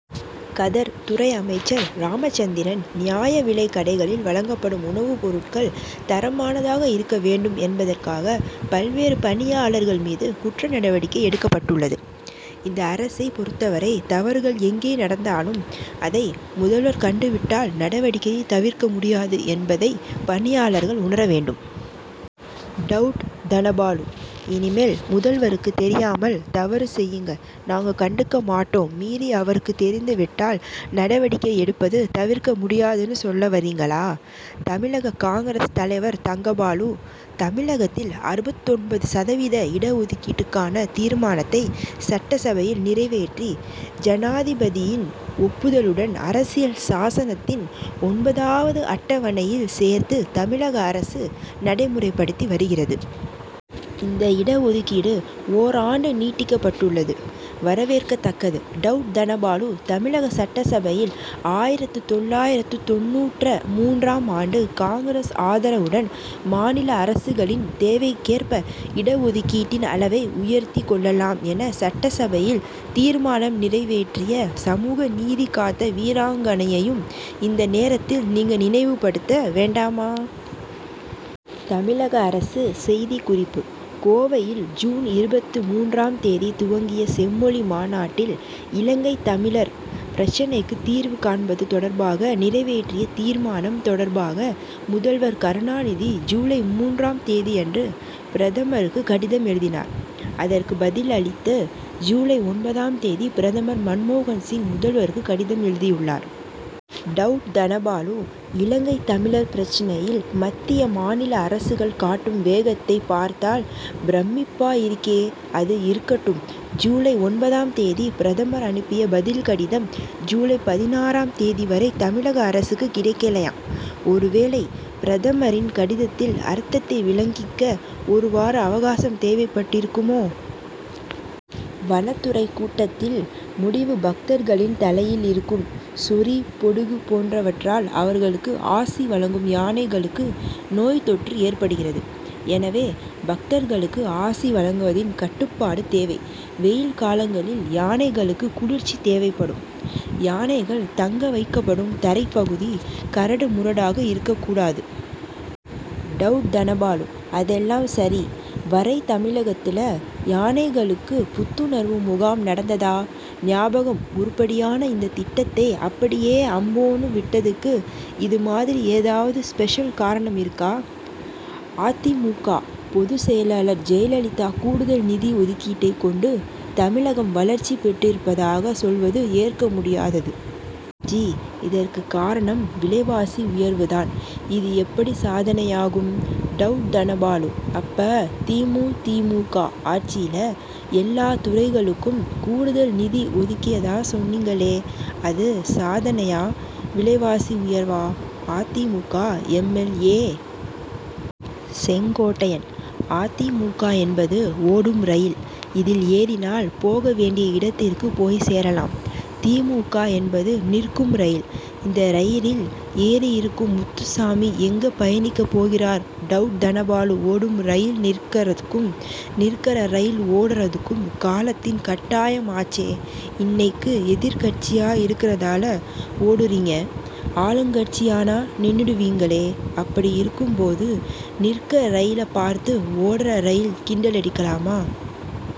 கதர் துறை அமைச்சர் ராமச்சந்திரன்: நியாய விலைக் கடைகளில் வழங்கப்படும் உணவுப்பொருட்கள் தரமானதாக இருக்க வேண்டும் என்பதற்காக, பல்வேறு பணியாளர்கள் மீது, குற்ற நடவடிக்கை எடுக்கப்பட்டுள்ளது. இந்த அரசைப் பொறுத்தவரை, தவறுகள் எங்கே நடந்தாலும், அதை முதல்வர் கண்டுவிட்டால், நடவடிக்கையை தவிர்க்க முடியாது என்பதை பணியாளர்கள் உணர வேண்டும். டவுட் தனபாலு: இனிமேல் முதல்வருக்கு தெரியாமல், தவறு செய்யுங்கநாங்க கண்டுக்க மாட்டோம்மீறி, அவருக்கு தெரிந்துவிட்டால், நடவடிக்கை எடுப்பது தவிர்க்க முடியாதுன்னு சொல்ல வர்றீங்களா! தமிழக காங்கிரஸ் தலைவர் தங்கபாலு: தமிழகத்தில் அறுபத்தொன்பது சதவீத இட ஒதுக்கீட்டுக்கான தீர்மானத்தை சட்டசபையில் நிறைவேற்றி, ஜனாதிபதியின் ஒப்புதலுடன், அரசியல் சாசனத்தின் ஒன்பதாவது அட்டவணையில் சேர்த்து, தமிழக அரசு நடைமுறைப்படுத்தி வருகிறது. இந்த இட ஒதுக்கீடு ஓராண்டு நீட்டிக்கப்பட்டுள்ளது வரவேற்கத்தக்கது. டவுட் தனபாலு: தமிழக சட்டசபையில், ஆயிரத்து தொள்ளாயிரத்து தொண்ணூற்ற மூன்றாம் ஆண்டு, காங்கிரஸ் ஆதரவுடன், மாநில அரசுகளின் தேவைக்கேற்ப, இட ஒதுக்கீட்டின் அளவை உயர்த்திக் கொள்ளலாம் என சட்டசபையில் தீர்மானம் நிறைவேற்றிய, சமூக நீதி காத்த வீராங்கனையையும், இந்த நேரத்தில், நீங்க நினைவுபடுத்த வேண்டாமா? தமிழக அரசு செய்திக்குறிப்பு கோவையில் ஜூன் இருபத்து மூன்றாம் தேதி துவங்கிய செம்மொழி மாநாட்டில், இலங்கைத் தமிழர் பிரச்னைக்கு தீர்வு காண்பது தொடர்பாக, நிறைவேற்றிய தீர்மானம் தொடர்பாக, முதல்வர் கருணாநிதி ஜூலை மூன்றாம் தேதியன்று பிரதமருக்கு கடிதம் எழுதினார். அதற்கு பதில் அளித்து, ஜூலை ஒன்பதாம் தேதி பிரதமர் மன்மோகன் சிங், முதல்வருக்கு கடிதம் எழுதியுள்ளார். டவுட் தனபாலு இலங்கைத் தமிழர் பிரச்னையில், மத்திய, மாநில அரசுகள் காட்டும் வேகத்தை பார்த்தால் பிரமிப்பா இருக்கே! அது இருக்கட்டும் ஜூலை ஒன்பதாம் தேதி பிரதமர் அனுப்பிய பதில் கடிதம், ஜூலை பதினாறாம் தேதி வரை தமிழக அரசுக்கு கிடைக்கலையா? ஒரு வேளை பிரதமரின் கடிதத்தின் அர்த்தத்தை விளங்கிக்க, ஒரு வார அவகாசம் தேவைப்பட்டிருக்குமோ? வனத்துறை கூட்டத்தில் முடிவு பக்தர்களின் தலையில் இருக்கும் சொறி, பொடுகு போன்றவற்றால், அவர்களுக்கு ஆசி வழங்கும் யானைகளுக்கு நோய் தொற்று ஏற்படுகிறது. எனவே, பக்தர்களுக்கு ஆசி வழங்குவதில் கட்டுப்பாடு தேவை. வெயில் காலங்களில் யானைகளுக்கு குளிர்ச்சி தேவைப்படும். யானைகள் தங்க வைக்கப்படும் தரைப்பகுதி, கரடு முரடாக இருக்கக் கூடாது. டவுட் தனபாலு அதெல்லாம் சரி வரை தமிழகத்துல யானைகளுக்கு புத்துணர்வு முகாம் நடந்ததா ஞாபகம்உருப்படியான இந்த திட்டத்தை, அப்படியே அம்போன்னு விட்டதுக்கு, இது மாதிரி ஏதாவது ஸ்பெஷல் காரணம் இருக்கா? அ. தி. மு. க., பொதுச்செயலர் ஜெயலலிதா கூடுதல் நிதி ஒதுக்கீட்டைக் கொண்டு, தமிழகம் வளர்ச்சி பெற்றிருப்பதாக சொல்வது ஏற்க முடியாதது. ஜி. இதற்கு காரணம் விலைவாசி உயர்வு தான். இது எப்படி சாதனையாகும். டவுட் தனபாலு அப்ப தி. மு. தி. மு. க., ஆட்சியில எல்லா துறைகளுக்கும் கூடுதல் நிதி ஒதுக்கியதா சொன்னீங்களேஅது சாதனையாவிலைவாசி உயர்வா? அ. தி. மு. க., எம். எல். ஏ., செங்கோட்டையன்: அ. தி. மு. க., என்பது ஓடும் ரயில். இதில் ஏறினால் போக வேண்டிய இடத்திற்குப் போய்ச் சேரலாம். தி. மு. க., என்பது நிற்கும் ரயில். இந்த ரயிலில் ஏறியிருக்கும் முத்துசாமி எங்கே பயணிக்கப் போகிறார்? டவுட் தனபாலு ஓடும் ரயில் நிற்கறதும், நிற்கற ரயில் ஓடறதும் காலத்தின் கட்டாயமாச்சேஇன்னைக்கு எதிர்க்கட்சியா இருக்கறதால ஓடறீங்க ஆளுங்கட்சியானா நின்னுடுவீங்களே அப்படி இருக்கும்போது, நிற்கற ரயிலைப் பார்த்து ஓடற ரயில் கிண்டலடிக்கலாமா?